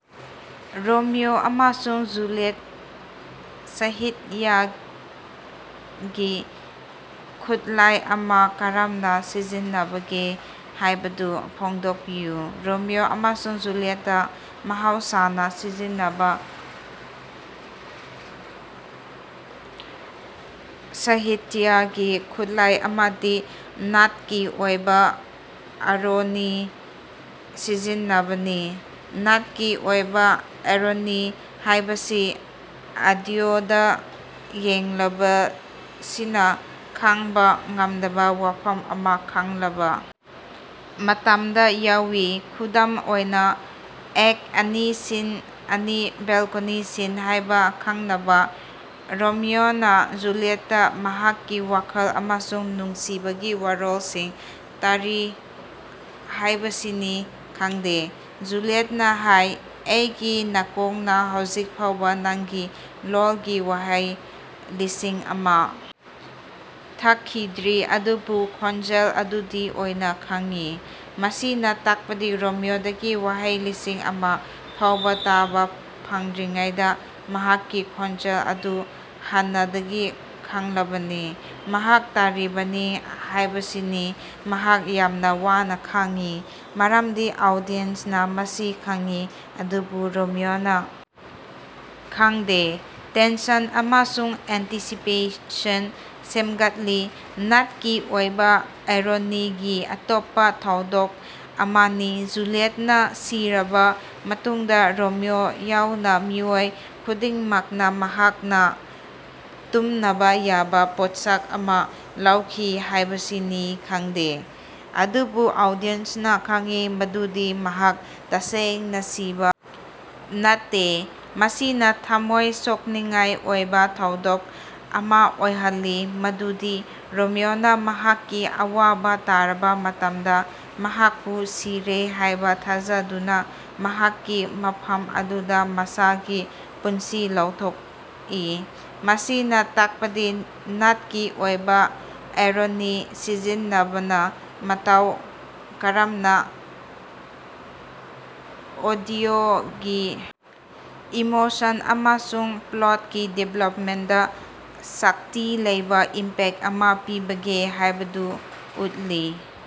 Romeo ꯑꯃꯁꯨꯡ ꯖꯨꯂꯤꯌꯠꯇ ꯁꯍꯤꯇ꯭ꯌꯥꯒꯤ ꯈꯨꯠꯂꯥꯏ ꯑꯃ ꯀꯔꯝꯅ ꯁꯤꯖꯤꯟꯅꯕꯒꯦ ꯍꯥꯏꯕꯗꯨ ꯐꯣꯡꯗꯣꯛꯄꯤꯌꯨ꯫ ꯔꯣꯃꯤꯑꯣ ꯑꯃꯁꯨꯡ ꯖꯨꯂꯤꯌꯇꯇ ꯃꯍꯧꯁꯥꯅ ꯁꯤꯖꯤꯟꯅꯕ ꯁꯍꯤꯇ꯭ꯌꯥꯒꯤ ꯈꯨꯠꯂꯥꯏ ꯑꯃꯗꯤ ꯅꯥꯠꯀꯤ ꯑꯣꯏꯕ ꯑꯥꯏꯔꯣꯅꯤ ꯁꯤꯖꯤꯟꯅꯕꯅꯤ꯫ ꯅꯥꯠꯀꯤ ꯑꯣꯏꯕ ꯑꯥꯏꯔꯣꯅꯤ ꯍꯥꯏꯕꯁꯤ ꯑꯣꯗꯤꯑꯣꯗꯥ ꯌꯦꯡꯂꯤꯕꯁꯤꯡꯅ ꯈꯪꯕꯥ ꯉꯝꯗꯕ ꯋꯥꯐꯝ ꯑꯃ ꯈꯪꯂꯕ ꯃꯇꯝꯗ ꯌꯥꯎꯏ꯫ ꯈꯨꯗꯝ ꯑꯣꯏꯅ ꯑꯦꯛꯇ ꯑꯅꯤ ꯁꯤꯟ ꯑꯅꯤ ꯕꯦꯂꯀꯣꯅꯤ ꯁꯤꯟ ꯍꯥꯏꯅ ꯈꯪꯅꯕ, ꯔꯣꯃꯤꯑꯣꯅ ꯖꯨꯂꯤꯌꯦꯠꯅ ꯃꯍꯥꯛꯀꯤ ꯋꯥꯈꯜ ꯑꯃꯁꯨꯡ ꯅꯨꯡꯁꯤꯕꯒꯤ ꯋꯥꯔꯣꯜꯁꯤꯡ ꯇꯥꯔꯤ ꯍꯥꯏꯕꯁꯤ ꯈꯪꯗꯦ꯫ ꯖꯨꯂꯤꯌꯇꯅ ꯍꯥꯏ "ꯑꯩꯒꯤ ꯅꯥꯀꯣꯡꯅ ꯍꯧꯖꯤꯛ ꯐꯥꯎꯕ ꯅꯪꯒꯤ ꯂꯣꯜꯒꯤ ꯋꯥꯍꯩ ꯂꯤꯁꯤꯡ ꯑꯃ ꯊꯛꯈꯤꯗ꯭ꯔꯤ ꯑꯗꯨꯕꯨ ꯈꯣꯟꯖꯦꯜ ꯑꯗꯨꯗꯤ ꯑꯩꯅ ꯈꯪꯏ꯫ ꯃꯁꯤꯅ ꯇꯥꯛꯄꯗꯤ ꯔꯣꯃꯤꯑꯣꯗꯒꯤ ꯋꯥꯍꯩ ꯂꯤꯁꯤꯡ ꯑꯃꯥ ꯐꯥꯎꯕ ꯇꯥꯕ ꯐꯪꯗ꯭ꯔꯤꯉꯩꯗ ꯃꯍꯥꯛꯀꯤ ꯈꯣꯟꯖꯦꯜ ꯑꯗꯨ ꯍꯥꯟꯅꯗꯒꯤ ꯈꯪꯂꯕꯅꯤ— ꯃꯍꯥꯛ ꯇꯥꯔꯤꯕꯅꯤ ꯍꯥꯏꯕꯁꯤ ꯃꯍꯥꯛ ꯌꯥꯝꯅ ꯋꯥꯅ ꯈꯪꯏ꯫ ꯃꯔꯝꯗꯤ ꯑꯣꯗꯤꯌꯦꯟꯁꯅ ꯃꯁꯤ ꯈꯪꯏ ꯑꯗꯨꯕꯨ ꯔꯣꯃꯤꯑꯣꯅꯥ ꯈꯪꯗꯦ꯫ ꯇꯦꯟꯁꯟ ꯑꯃꯁꯨꯡ ꯑꯦꯟꯇꯤꯁꯤꯄꯦꯁꯟ ꯁꯦꯝꯒꯠꯂꯤ꯫ ꯅꯥꯠꯀꯤ ꯑꯣꯏꯕ ꯑꯥꯏꯔꯣꯅꯤꯒꯤ ꯑꯇꯣꯞꯄ ꯊꯧꯗꯣꯛ ꯑꯃꯗꯤ ꯖꯨꯂꯤꯌꯇꯅ ꯁꯤꯔꯕ ꯃꯇꯨꯡꯗ ꯔꯣꯃꯤꯑꯣ ꯌꯥꯎꯅ ꯃꯤꯑꯣꯏ ꯈꯨꯗꯤꯡꯃꯛꯅ ꯃꯍꯥꯛꯅ ꯇꯨꯝꯕꯥ ꯌꯥꯕꯥ ꯄꯣꯠꯁꯛ ꯑꯃ ꯂꯧꯈꯤ ꯍꯥꯏꯕꯁꯤ ꯈꯪꯗꯦ꯫ ꯑꯗꯨꯕꯨ ꯑꯣꯗꯤꯌꯦꯟꯁꯅ ꯈꯪꯏ ꯃꯗꯨꯗꯤ ꯃꯍꯥꯛ ꯇꯁꯦꯡꯅ ꯁꯤꯕ ꯅꯠꯇꯦ꯫ ꯃꯁꯤꯅ ꯊꯝꯃꯣꯏ ꯁꯣꯛꯅꯤꯡꯉꯥꯏ ꯑꯣꯏꯕ ꯊꯧꯗꯣꯛ ꯑꯃ ꯑꯣꯏꯍꯜꯂꯤ ꯃꯗꯨꯗꯤ ꯔꯣꯃꯤꯑꯣꯅ ꯃꯍꯥꯛꯀꯤ ꯑꯋꯥꯕ ꯇꯥꯔꯕ ꯃꯇꯝꯗ, ꯃꯍꯥꯛꯄꯨ ꯁꯤꯔꯦ ꯍꯥꯏꯅ ꯊꯥꯖꯗꯨꯅ ꯃꯍꯥꯛꯀꯤ ꯃꯐꯝ ꯑꯗꯨꯗ ꯃꯁꯥꯒꯤ ꯄꯨꯟꯁꯤ ꯂꯧꯊꯣꯛꯏ꯫ ꯃꯁꯤꯅ ꯇꯥꯛꯄꯗꯤ ꯅꯥꯠꯀꯤ ꯑꯣꯏꯕ ꯑꯥꯏꯔꯣꯅꯤ ꯁꯤꯖꯤꯟꯅꯕꯅ ꯃꯇꯧ ꯀꯔꯝꯅ ꯑꯣꯗꯤꯑꯣꯒꯤ ꯏꯃꯣꯁꯟ ꯑꯃꯁꯨꯡ ꯄ꯭ꯂꯇꯀꯤ ꯗꯤꯚꯦꯂꯄꯃꯦꯟꯇꯗ ꯁꯛꯇꯤ ꯂꯩꯕ ꯏꯝꯄꯦꯛꯇ ꯑꯃ ꯄꯤꯕꯒꯦ ꯍꯥꯏꯕꯗꯨ ꯎꯠꯂꯤ꯫